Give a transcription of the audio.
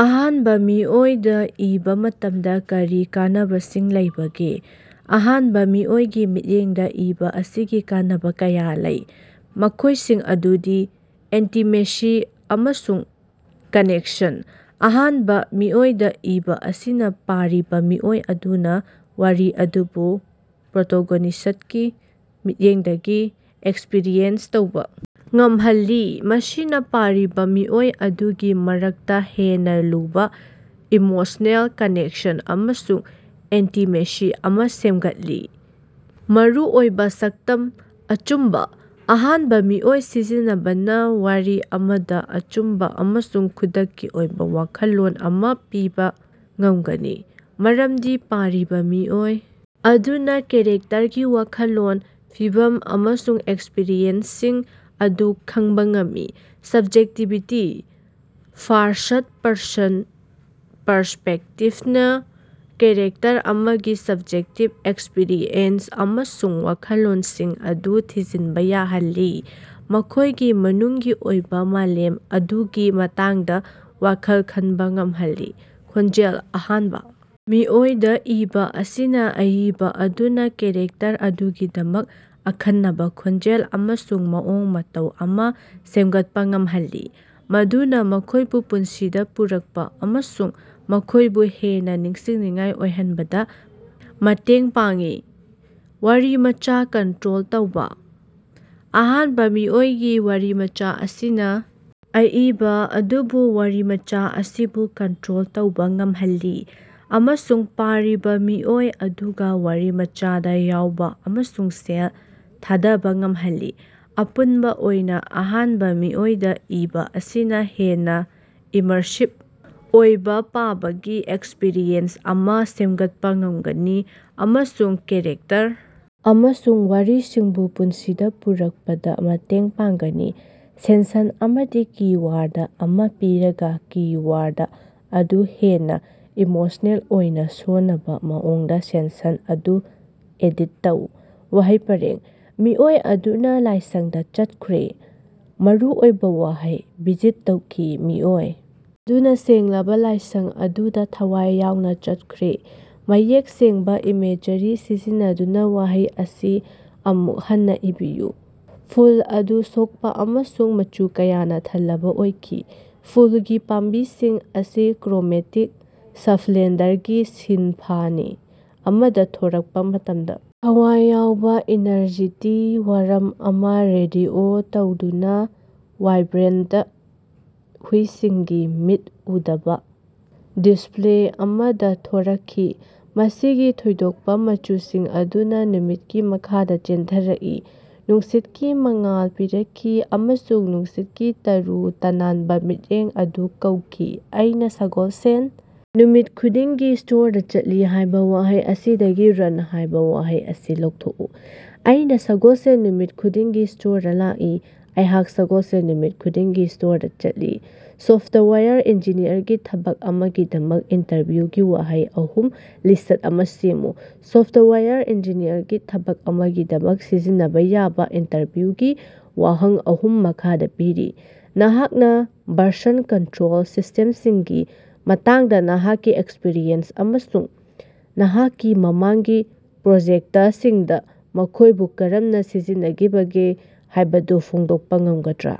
ꯑꯍꯥꯟꯕ ꯃꯤꯑꯣꯏꯗ ꯏꯕ ꯃꯇꯝꯗ ꯀꯔꯤ ꯀꯥꯟꯅꯕꯁꯤꯡ ꯂꯩꯕꯒꯦ? ꯑꯍꯥꯟꯕꯥ ꯃꯤꯑꯣꯏꯒꯤ ꯃꯤꯠꯌꯦꯡꯗ ꯏꯕ ꯑꯁꯤꯒꯤ ꯀꯥꯟꯅꯕ ꯀꯌꯥ ꯂꯩ, ꯃꯈꯣꯏꯁꯤꯡ ꯑꯗꯨꯗꯤ: ꯏꯟꯇꯤꯃꯦꯁꯤ ꯑꯃꯁꯨꯡ ꯀꯅꯦꯛꯁꯟ: ꯑꯍꯥꯟꯕ ꯃꯤꯑꯣꯏꯗ ꯏꯕ ꯑꯁꯤꯅ ꯄꯥꯔꯤꯕ ꯃꯤꯑꯣꯏ ꯑꯗꯨꯅ ꯋꯥꯔꯤ ꯑꯗꯨꯕꯨ ꯄ꯭ꯔꯣꯇꯣꯒꯣꯅꯤꯁꯠꯀꯤ ꯃꯤꯠꯌꯦꯡꯗꯒꯤ ꯑꯦꯛꯁꯄꯔꯤꯑꯦꯟꯁ ꯇꯧꯕ ꯉꯝꯍꯜꯂꯤ, ꯃꯁꯤꯅ ꯄꯥꯔꯤꯕ ꯃꯤꯑꯣꯏ ꯑꯗꯨꯒꯤ ꯃꯔꯛꯇ ꯍꯦꯟꯅ ꯂꯨꯕ ꯏꯃꯣꯁꯅꯦꯜ ꯀꯅꯦꯛꯁꯟ ꯑꯃꯁꯨꯡ ꯏꯟꯇꯤꯃꯦꯁꯤ ꯑꯃ ꯁꯦꯝꯒꯠꯂꯤ꯫ ꯃꯔꯨꯑꯣꯏꯕ ꯁꯛꯇꯝ꯫ ꯑꯆꯨꯝꯕ: ꯑꯍꯥꯟꯕ ꯃꯤꯑꯣꯏ ꯁꯤꯖꯤꯟꯅꯕꯅ ꯋꯥꯔꯤ ꯑꯃꯗ ꯑꯆꯨꯝꯕ ꯑꯃꯁꯨꯡ ꯈꯨꯗꯛꯀꯤ ꯑꯣꯏꯕ ꯋꯥꯈꯜꯂꯣꯟ ꯑꯃ ꯄꯤꯕ ꯉꯝꯒꯅꯤ ꯃꯔꯝꯗꯤ ꯄꯥꯔꯤꯕ ꯃꯤꯑꯣꯏ ꯑꯗꯨꯅ ꯀꯦꯔꯦꯛꯇꯔꯒꯤ ꯋꯥꯈꯜꯂꯣꯟ, ꯐꯤꯚꯝ ꯑꯃꯁꯨꯡ ꯑꯦꯛꯁꯄꯔꯤꯌꯦꯟꯁꯁꯤꯡ ꯑꯗꯨ ꯈꯪꯕ ꯉꯝꯏ꯫ ꯁꯕꯖꯦꯛꯇꯤꯕꯤꯇꯤ: ꯐꯥꯔꯁ꯭ꯠ-ꯄꯔꯁꯟ ꯄꯔꯁꯄꯦꯛꯇꯤꯚꯅ ꯀꯦꯔꯦꯛꯇꯔ ꯑꯃꯒꯤ ꯁꯕꯖꯦꯛꯇꯤꯚ ꯑꯦꯛꯁꯄꯔꯤꯑꯦꯟꯁ ꯑꯃꯁꯨꯡ ꯋꯥꯈꯜꯂꯣꯟꯁꯤꯡ ꯑꯗꯨ ꯊꯤꯖꯤꯟꯕ ꯌꯥꯍꯜꯂꯤ, ꯃꯈꯣꯢꯒꯤ ꯃꯅꯨꯡꯒꯤ ꯑꯣꯏꯕ ꯃꯥꯂꯦꯝ ꯑꯗꯨꯒꯤ ꯃꯇꯥꯡꯗ ꯋꯥꯈꯜ ꯈꯟꯕ ꯉꯝꯍꯜꯂꯤ ꯫ ꯈꯣꯟꯖꯦꯜ: ꯑꯍꯥꯟꯕ ꯃꯤꯑꯣꯏꯗ ꯏꯕ ꯑꯁꯤꯅ ꯑꯏꯕ ꯑꯗꯨꯅ ꯀꯦꯔꯦꯛꯇꯔ ꯑꯗꯨꯒꯤꯗꯃꯛ ꯑꯈꯟꯅꯕ ꯈꯣꯟꯖꯦꯜ ꯑꯃꯁꯨꯡ ꯃꯑꯣꯡ ꯃꯇꯧ ꯑꯃ ꯁꯦꯝꯒꯠꯄ ꯉꯝꯍꯜꯂꯤ, ꯃꯗꯨꯅ ꯃꯈꯣꯏꯕꯨ ꯄꯨꯟꯁꯤꯗ ꯄꯨꯔꯛꯄ ꯑꯃꯁꯨꯡ ꯃꯈꯣꯏꯕꯨ ꯍꯦꯟꯅ ꯅꯤꯡꯁꯤꯡꯅꯤꯡꯉꯥꯏ ꯑꯣꯏꯍꯟꯕꯗ ꯃꯇꯦꯡ ꯄꯥꯡꯏ꯫ ꯋꯥꯔꯤꯃꯆꯥ ꯀꯟꯇ꯭ꯔꯣꯜ ꯇꯧꯕ: ꯑꯍꯥꯟꯕ ꯃꯤꯑꯣꯏꯒꯤ ꯋꯥꯔꯤꯃꯆꯥ ꯑꯁꯤꯅ ꯑꯏꯕ ꯑꯗꯨꯕꯨ ꯋꯥꯔꯤꯃꯆꯥ ꯑꯁꯤꯕꯨ ꯀꯟꯇ꯭ꯔꯣꯜ ꯇꯧꯕ ꯉꯝꯍꯜꯂꯤ ꯑꯃꯁꯨꯡ ꯄꯥꯔꯤꯕ ꯃꯤꯑꯣꯏ ꯑꯗꯨꯒ ꯋꯥꯔꯤꯃꯆꯥꯗ ꯌꯥꯎꯕ ꯑꯃꯁꯨꯡ ꯁꯦꯜ ꯊꯥꯗꯕ ꯉꯝꯍꯜꯂꯤ꯫ ꯑꯄꯨꯟꯕ ꯑꯣꯏꯅ ꯑꯍꯥꯟꯕ ꯃꯤꯑꯣꯏꯗ ꯏꯕ ꯑꯁꯤꯅ ꯍꯦꯟꯅ ꯏꯃꯔꯁꯤꯚ ꯑꯣꯏꯕ ꯄꯥꯕꯒꯤ ꯑꯦꯛꯁꯄꯔꯤꯌꯦꯟꯁ ꯑꯃ ꯁꯦꯝꯒꯠꯄ ꯉꯝꯒꯅꯤ ꯑꯃꯁꯨꯡ ꯀꯦꯔꯦꯛꯇꯔ ꯑꯃꯁꯨꯡ ꯋꯥꯔꯤꯁꯤꯡꯕꯨ ꯄꯨꯟꯁꯤꯗ ꯄꯨꯔꯛꯄꯗ ꯃꯇꯦꯡ ꯄꯥꯡꯒꯅꯤ꯫ ꯁꯦꯟꯁꯟ ꯑꯃꯗꯤ ꯀꯤ-ꯋꯥꯔꯗ ꯑꯃ ꯄꯤꯔꯒ, ꯀꯤ-ꯋꯥꯔꯗ ꯑꯗꯨ ꯍꯦꯟꯅ ꯏꯃꯣꯁꯅꯦꯜ ꯑꯣꯏꯅ ꯁꯣꯅꯕ ꯃꯑꯣꯡꯗ ꯁꯦꯟꯁꯟ ꯑꯗꯨ ꯑꯦꯗꯤꯠ ꯇꯧ꯫ ꯋꯥꯍꯩ ꯄꯔꯦꯡ: ꯃꯤꯑꯣꯏ ꯑꯗꯨꯅ ꯂꯥꯏꯁꯪꯗ ꯆꯠꯈ꯭ꯔꯦ꯫ ꯃꯔꯨꯑꯣꯏꯕ ꯋꯥꯍꯩ: ꯚꯤꯖꯤꯠ ꯇꯧꯈꯤ꯫ ꯃꯤꯑꯣꯏ ꯑꯗꯨꯅ ꯁꯦꯡꯂꯕ ꯂꯥꯏꯁꯪ ꯑꯗꯨꯗ ꯊꯋꯥꯏ ꯌꯥꯎꯅ ꯆꯠꯈ꯭ꯔꯦ꯫ ꯃꯌꯦꯛ ꯁꯦꯡꯕ ꯏꯃꯦꯖꯔꯤ ꯁꯤꯖꯤꯟꯅꯗꯨꯅ ꯋꯥꯍꯩ ꯑꯁꯤ ꯑꯃꯨꯛ ꯍꯟꯅ ꯏꯕꯤꯌꯨ꯫ ꯐꯨꯜ ꯑꯗꯨ ꯁꯣꯛꯄ ꯑꯃꯁꯨꯡ ꯃꯆꯨ ꯀꯌꯥꯅ ꯊꯜꯂꯕ ꯑꯣꯏꯈꯤ꯫ ꯐꯨꯜꯒꯤ ꯄꯥꯝꯕꯤꯁꯤꯡ ꯑꯁꯤ ꯀ꯭ꯔꯣꯃꯦꯇꯤꯛ ꯁꯞꯂꯦꯟꯗꯔꯒꯤ ꯁꯤꯝꯐꯅꯤ ꯑꯃꯗ ꯊꯣꯔꯛꯄ ꯃꯇꯝꯗ ꯊꯋꯥꯏ ꯌꯥꯎꯕ ꯏꯅꯔꯖꯤꯇꯤ ꯋꯥꯔꯝ ꯑꯃ ꯔꯦꯗꯤꯑꯣ ꯇꯧꯗꯨꯅ ꯋꯥꯏꯕ꯭ꯔꯦꯟꯇ ꯍꯨꯏꯁꯤꯡꯒꯤ ꯃꯤꯠ ꯎꯗꯕ ꯗꯤꯁꯄ꯭ꯂꯦ ꯑꯃꯗ ꯊꯣꯔꯛꯈꯤ꯫ ꯃꯁꯤꯒꯤ ꯊꯣꯏꯗꯣꯛꯄ ꯃꯆꯨꯁꯤꯡ ꯑꯗꯨꯅ ꯅꯨꯃꯤꯠꯀꯤ ꯃꯈꯥꯗ ꯆꯦꯟꯊꯔꯛꯏ, ꯅꯨꯡꯁꯤꯠꯀꯤ ꯃꯉꯥꯜ ꯄꯤꯔꯛꯈꯤ ꯑꯃꯁꯨꯡ ꯅꯨꯡꯁꯤꯠꯀꯤ ꯇꯔꯨ ꯇꯅꯥꯟꯕ ꯃꯤꯠꯌꯦꯡ ꯑꯗꯨ ꯀꯧꯈꯤ꯫ "ꯑꯩꯅ ꯁꯒꯣꯜꯁꯦꯟ ꯅꯨꯃꯤꯠ ꯈꯨꯗꯤꯡꯒꯤ ꯁ꯭ꯇꯣꯔꯗ ꯆꯠꯂꯤ" ꯍꯥꯏꯕ ꯋꯥꯍꯩ ꯑꯁꯤꯗꯒꯤ 'ꯔꯟ' ꯍꯥꯏꯕ ꯋꯥꯍꯩ ꯑꯁꯤ ꯂꯧꯊꯣꯛꯎ ꯫ ꯑꯩꯅ ꯁꯒꯣꯜꯁꯦꯟ ꯅꯨꯃꯤꯠ ꯈꯨꯗꯤꯡꯒꯤ ꯁ꯭ꯇꯣꯔꯗ ꯂꯥꯛꯏ꯫ ꯑꯩꯍꯥꯛ ꯁꯒꯣꯜꯁꯦꯟ ꯅꯨꯃꯤꯠ ꯈꯨꯗꯤꯡꯒꯤ ꯁ꯭ꯇꯣꯔꯗ ꯆꯠꯂꯤ꯫ ꯁꯣꯐꯇꯋꯥꯌꯔ ꯏꯟꯖꯤꯅꯤꯌꯔꯒꯤ ꯊꯕꯛ ꯑꯃꯒꯤꯗꯃꯛ ꯏꯟꯇꯔꯚꯤꯎꯒꯤ ꯋꯥꯍꯪ ꯑꯍꯨꯝꯒꯤ ꯂꯤꯁ꯭ꯠ ꯑꯃ ꯁꯦꯝꯃꯨ꯫ ꯁꯣꯐꯇꯋꯥꯌꯔ ꯏꯟꯖꯤꯅꯤꯌꯔꯒꯤ ꯊꯕꯛ ꯑꯃꯒꯤꯗꯃꯛ ꯁꯤꯖꯤꯟꯅꯕ ꯌꯥꯕ ꯏꯟꯇꯔꯚ꯭ꯌꯨꯒꯤ ꯋꯥꯍꯪ ꯑꯍꯨꯝ ꯃꯈꯥꯗ ꯄꯤꯔꯤ: ꯅꯍꯥꯛꯅ ꯚꯔꯁꯟ ꯀꯟꯇ꯭ꯔꯣꯜ ꯁꯤꯁꯇꯦꯝꯁꯤꯡꯒꯤ ꯃꯇꯥꯡꯗ ꯅꯍꯥꯛꯀꯤ ꯑꯦꯛꯁꯄꯔꯤꯌꯦꯟꯁ ꯑꯃꯁꯨꯡ ꯅꯍꯥꯛꯀꯤ ꯃꯃꯥꯡꯒꯤ ꯄ꯭ꯔꯣꯖꯦꯛꯇꯁꯤꯡꯗ ꯃꯈꯣꯏꯕꯨ ꯀꯔꯝꯅ ꯁꯤꯖꯤꯟꯅꯈꯤꯕꯒꯦ ꯍꯥꯏꯕꯗꯨ ꯐꯣꯡꯗꯣꯛꯄ ꯉꯝꯒꯗ꯭ꯔꯥ?